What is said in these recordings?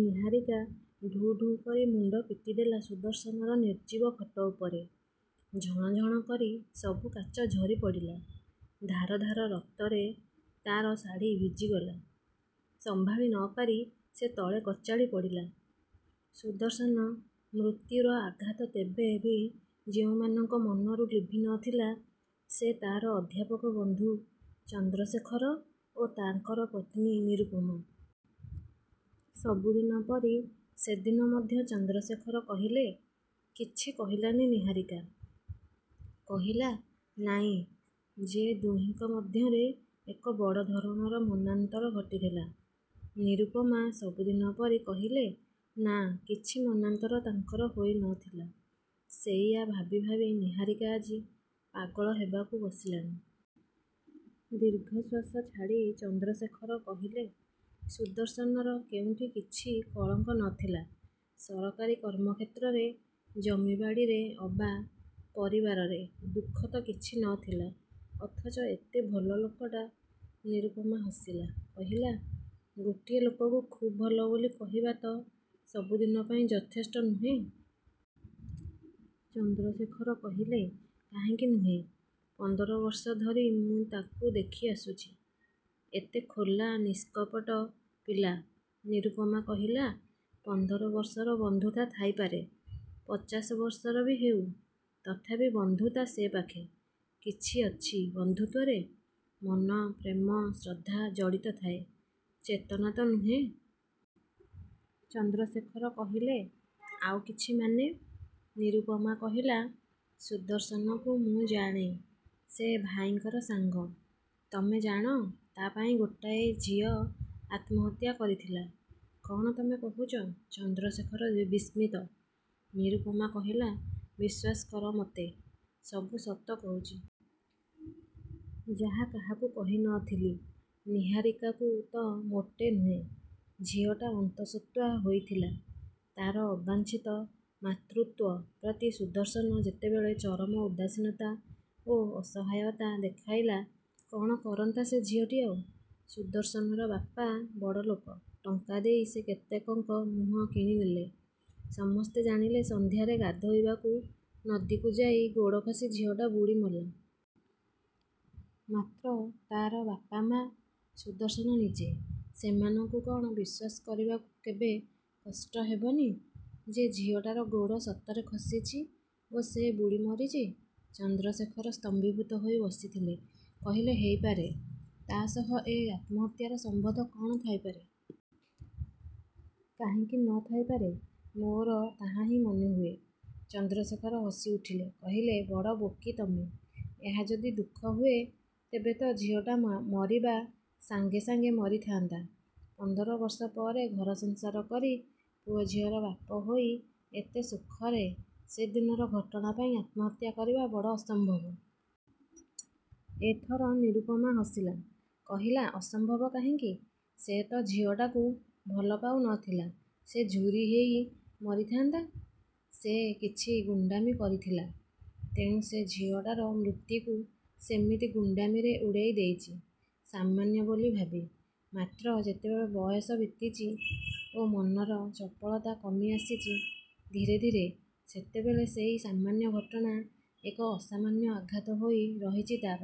ନିହାରିକା ଢୁ ଢୁ କରି ମୁଣ୍ଡ ପିଟିଦେଲା ସୁଦର୍ଶନର ନିର୍ଜୀବ ଫଟୋ ଉପରେ। ଝଣ ଝଣ କରି ସବୁ କାଚ ଝରିପଡ଼ିଲା। ଧାର ଧାର ରକ୍ତରେ ତାର ଶାଢ଼ି ଭିଜିଗଲା, ସମ୍ଭାଳି ନ ପାରି ସେ ତଳେ କଚାଡ଼ି ପଡ଼ିଲା। ସୁଦର୍ଶନ ମୃତ୍ୟୁର ଆଘାତ ତେବେ ବି ଯେଉଁମାନଙ୍କ ମନରୁ ଲିଭି ନ ଥିଲା, ସେ ତାର ଅଧ୍ୟାପକ ବନ୍ଧୁ ଚନ୍ଦ୍ରଶେଖର ଓ ତାଙ୍କର ପତ୍ନୀ ନିରୁପମା। ସବୁ ଦିନ ପରି ସେଦିନ ମଧ୍ୟ ଚନ୍ଦ୍ରଶେଖର କହିଲେ, "କିଛି କହିଲାନି ନିହାରିକା? କହିଲା ନାଇଁ ଯେ ଦୁହିଁଙ୍କ ମଧ୍ୟରେ ଏକ ବଡ଼ ଧରଣର ମନାନ୍ତର ଘଟିଥିଲା?" ନିରୁପମା ସବୁଦିନ ପରି କହିଲେ, "ନାଁ, କିଛି ମନାନ୍ତର ତାଙ୍କର ହୋଇ ନ ଥିଲା। ସେଇଆ ଭାବି ଭାବି ନିହାରିକା ଆଜି ପାଗଳ ହେବାକୁ ବସିଲାଣି।" ଦୀର୍ଘଶ୍ଵାସ ଛାଡ଼ି ଚନ୍ଦ୍ରଶେଖର କହିଲେ, "ସୁଦର୍ଶନର କେଉଁଠି କିଛି କଳଙ୍କ ନ ଥିଲା। ସରକାରୀ କର୍ମକ୍ଷେତ୍ରରେ, ଜମିବାଡ଼ିରେ ଅବା ପରିବାରରେ, ଦୁଃଖ ତ କିଛି ନ ଥିଲା, ଅଥଚ ଏତେ ଭଲ ଲୋକଟା" ନିରୁପମା ହସିଲା। କହିଲା, "ଗୋଟିଏ ଲୋକକୁ ଖୁବ୍ ଭଲ ବୋଲି କହିବା ତ ସବୁ ଦିନ ପାଇଁ ଯଥେଷ୍ଟ ନୁହେଁ।" ଚନ୍ଦ୍ରଶେଖର କହିଲେ, "କାହିଁକି ନୁହେଁ? ପନ୍ଦର ବର୍ଷ ଧରି ମୁଁ ତାକୁ ଦେଖିଆସୁଚି। ଏତେ ଖୋଲା ନିଷ୍କପଟ ପିଲା"ନିରୁପମା କହିଲା, "ପନ୍ଦର ବର୍ଷର ବନ୍ଧୁତା ଥାଇପାରେ। ପଚାଶ ବର୍ଷର ବି ହେଉ, ତଥାପି ବନ୍ଧୁତା ସେ ପାଖେ କିଛି ଅଛି ବନ୍ଧୁତ୍ୱରେ ମନ, ପ୍ରେମ, ଶ୍ରଦ୍ଧା ଜଡ଼ିତ ଥାଏ, ଚେତନା ତ ନୁହେଁ।" ଚନ୍ଦ୍ରଶେଖର କହିଲେ, "ଆଉ କିଛି ମାନେ?" ନିରୁପମା କହିଲା, "ସୁଦର୍ଶନକୁ ମୁଁ ଜାଣେ ସେ ଭାଇଙ୍କର ସାଙ୍ଗ। ତମେ ଜାଣ, ତା ପାଇଁ ଗୋଟାଏ ଝିଅ ଆତ୍ମହତ୍ୟା କରିଥିଲା?" "କ'ଣ ତମେ କହୁଚ?" ଚନ୍ଦ୍ରଶେଖର ବିସ୍ମିତ। ନିରୁପମା କହିଲା, "ବିଶ୍ଵାସ କର ମତେ, ସବୁ ସତ କହୁଚି। ଯାହା କାହାକୁ କହି ନ ଥିଲି, ନିହାରିକାକୁ ତ ମୋଟେ ନୁହେଁ। ଝିଅଟା ଅନ୍ତଃସତ୍ତ୍ଵା ହୋଇଥିଲା। ତାର ଅବାଞ୍ଛିତ ମାତୃତ୍ଵ ପ୍ରତି ସୁଦର୍ଶନ ଯେତେବେଳେ ଚରମ ଉଦାସୀନତା ଓ ଅସହାୟତା ଦେଖାଇଲା କ'ଣ କରନ୍ତା ସେ ଝିଅଟି ଆଉ? ସୁଦର୍ଶନର ବାପା ବଡ଼ଲୋକ, ଟଙ୍କା ଦେଇ ସେ କେତେକଙ୍କ ମୁହଁ କିଣିନେଲେ, ସମସ୍ତେ ଜାଣିଲେ ସନ୍ଧ୍ୟାରେ ଗାଧୋଇବାକୁ ନଦୀକୁ ଯାଇ ଗୋଡ଼ ଖସି ଝିଅଟା ବୁଡ଼ିମଲା। ମାତ୍ର ତାର ବାପା, ମା? ସୁଦର୍ଶନ ନିଜେ? ସେମାନଙ୍କୁ କ'ଣ ବିଶ୍ୱାସ କରିବାକୁ କେବେ କଷ୍ଟ ହେବ ନି ଯେ ଝିଅଟାର ଗୋଡ଼ ସତରେ ଖସିଚି ଓ ସେ ବୁଡ଼ି ମରିଚି?" ଚନ୍ଦ୍ରଶେଖର ସ୍ତମ୍ଭୀଭୂତ ହୋଇ ବସିଥିଲେ। କହିଲେ, "ହେଇପାରେ, ତା' ସହ ଏ ଆତ୍ମହତ୍ୟାର ସମ୍ବନ୍ଧ କ'ଣ ଥାଇପାରେ?" "କାହିଁକି ନ ଥାଇପାରେ? ମୋର ତାହାହିଁ ମନେହୁଏ।" ଚନ୍ଦ୍ରଶେଖର ହସିଉଠିଲେ। କହିଲେ, "ବଡ଼ ବୋକି ତମେ! ଏହା ଯଦି ଦୁଃଖ ହୁଏ, ତେବେ ତ ଝିଅଟା ମରିବା ସାଙ୍ଗେ ସାଙ୍ଗେ ମରିଥାନ୍ତା। ପନ୍ଦର ବର୍ଷ ପରେ, ଘରସଂସାର କରି, ପୁଅଝିଅର ବାପ ହୋଇ, ଏତେ ସୁଖରେ, ସେଦିନର ଘଟଣା ପାଇଁ ଆତ୍ମହତ୍ୟା କରିବା ବଡ଼ ଅସମ୍ଭବ!" ଏଥର ନିରୁପମା ହସିଲା, କହିଲା, "ଅସମ୍ଭବ କାହିଁକି? ସେ ତ ଝିଅଟାକୁ ଭଲପାଉ ନ ଥିଲା ଯେ ଝୁରି ହେଇ ମରିଥାନ୍ତା! ସେ କିଛି ଗୁଣ୍ଡାମି କରିଥିଲା। ତେଣୁ ସେ ଝିଅଟାର ମୃତ୍ୟୁକୁ ସେମିତି ଗୁଣ୍ଡାମିରେ ଉଡ଼େଇ ଦେଇଚି, ସାମାନ୍ୟ ବୋଲି ଭାବି। ମାତ୍ର ଯେତେବେଳେ ବୟସ ବିତିଚି ଓ ମନର ଚପଳତା କମି ଆସିଚି ଧୀରେ ଧୀରେ, ସେତେବେଳେ ସେଇ ସାମାନ୍ୟ ଘଟଣା, ଏକ ଅସାମାନ୍ୟ ଆଘାତ ହୋଇ ରହିଚି ତାର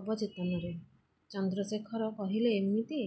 ଅବଚେତନରେ।"ଚନ୍ଦ୍ରଶେଖର କହିଲେ, "ଏମିତି."